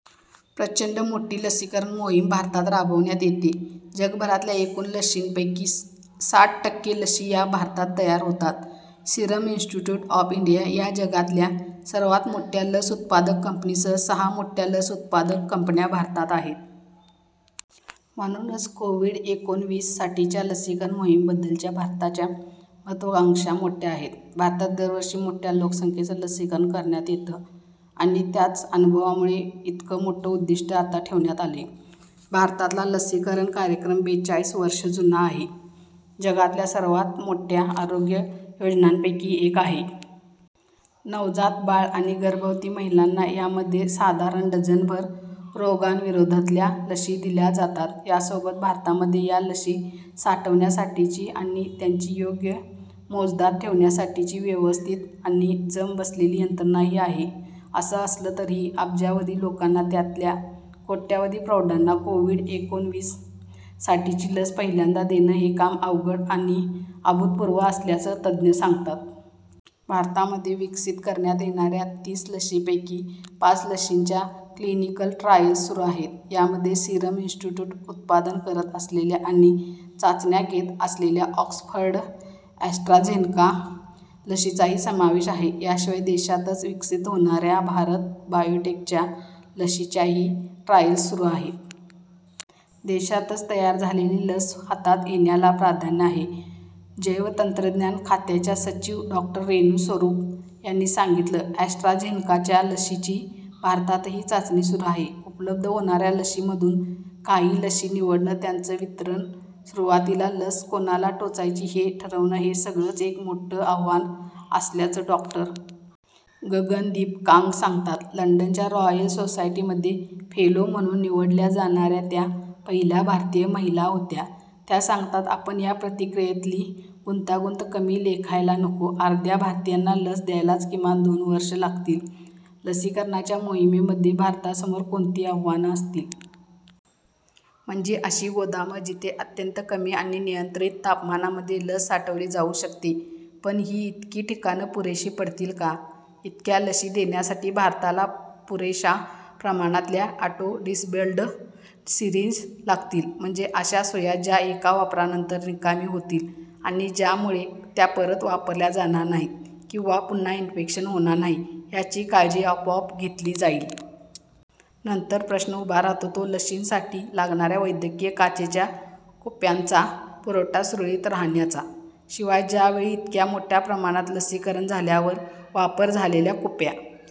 प्रचंड मोठी लसीकरण मोहीम भारतात राबवण्यात येते. जगभरातल्या एकूण लशींपैकी साठ टक्के लशी या भारतात तयार होतात. सिरम इन्स्टिट्यूट ऑफ इंडिया या जगातल्या सर्वांत मोठ्या लस उत्पादक कंपनीसह सहा मोठ्या लस उत्पादक कंपन्या भारतात आहेत. म्हणूनच कोव्हिड-एकोणविस साठीच्या लसीकरण मोहीमेबद्दलच्या भारताच्या महत्त्वाकांक्षा मोठ्या आहेत. भारतात दरवर्षी मोठ्या लोकसंख्येचं लसीकरण करण्यात येतं आणि त्याच अनुभवामुळे इतकं मोठं उद्दिष्टं आता ठेवण्यात आलंय. भारतातला लसीकरण कार्यक्रम बेचाळीस वर्षं जुना आहे. जगातल्या सर्वांत मोठ्या आरोग्य योजनांपैकी एक आहे. नवजात बाळं आणि गर्भवती महिलांना यामध्ये साधारण डझनभर रोगांविरोधातल्या लशी दिल्या जातात. यासोबत भारतामध्ये या लशी साठवण्यासाठीची आणि त्यांची योग्य मोजदाद ठेवण्यासाठीची व्यवस्थित आणि जम बसलेली यंत्रणाही आहे. असं असलं तरीही अब्जावधी लोकांना, त्यातल्या कोट्यावधी प्रौढांना कोव्हिड एकोणविस साठीची लस पहिल्यांदा देणं हे काम अवघड आणि अभूतपूर्व असल्याचं तज्ज्ञ सांगतात. भारतामध्ये विकसित करणाऱ्यात येणाऱ्या तीस लशींपैकी पाच लशींच्या क्लिनिकल ट्रायल्स सुरू आहेत. यामध्ये सिरम इन्स्टिट्यूट उत्पादन करत असलेल्या आणि चाचण्या घेत असलेल्या ऑक्सफर्ड ॲस्ट्राझेनका लशीचाही समावेश आहे. याशिवाय देशातच विकसित होणाऱ्या भारत बायोटेकच्या लशीच्याही ट्रायल्स सुरू आहेत. देशातच तयार झालेली लस हातात येण्याला प्राधान्य आहे जैवतंत्रज्ञान खात्याच्या सचिव डॉ. रेणू स्वरूप यांनी सांगितलं. अॅस्ट्राझेनकाच्या लशीची भारतातही चाचणी सुरू आहे. उपलब्ध होणाऱ्या लशींमधून काही लशी निवडणं त्यांचं वितरण सुरुवातीला लस कोणाला टोचायची हे ठरवणं हे सगळंच एक मोठं आव्हान असल्याचं डॉ. गगनदीप कांग सांगतात. लंडनच्या रॉयल सोसायटीमध्ये फेलो म्हणून निवडल्या जाणाऱ्या त्या पहिल्या भारतीय महिला होत्या. त्या सांगतात आपण या प्रक्रियेतली गुंतागुंत कमी लेखायला नको. अर्ध्या भारतीयांना लस द्यायलाच किमान दोन वर्षं लागतील. लसीकरणाच्या मोहिमेमध्ये भारतासमोर कोणती आव्हानं असतील? म्हणजे अशी गोदामं जिथे अत्यंत कमी आणि नियंत्रित तापमानामध्ये लस साठवली जाऊ शकते. पण ही इतकी ठिकाणं पुरेशी पडतील का? इतक्या लशी देण्यासाठी भारताला पुरेशा प्रमाणातल्या ऑटो डिसेबल्ड सीरिंज लागतील. म्हणजे अशा सुया ज्या एका वापरानंतर निकामी होतील आणि ज्यामुळे त्या परत वापरल्या जाणार नाहीत किंवा पुन्हा इन्फेक्शन होणार नाही याची काळजी आपोआप घेतली जाईल. नंतर प्रश्न उभा राहतो तो लशींसाठी लागणाऱ्या वैद्यकीय काचेच्या कुप्यांचा पुरवठा सुरळीत राहण्याचा. शिवाय ज्यावेळी इतक्या मोठ्या प्रमाणात लसीकरण झाल्यावर वापर झालेल्या कुप्या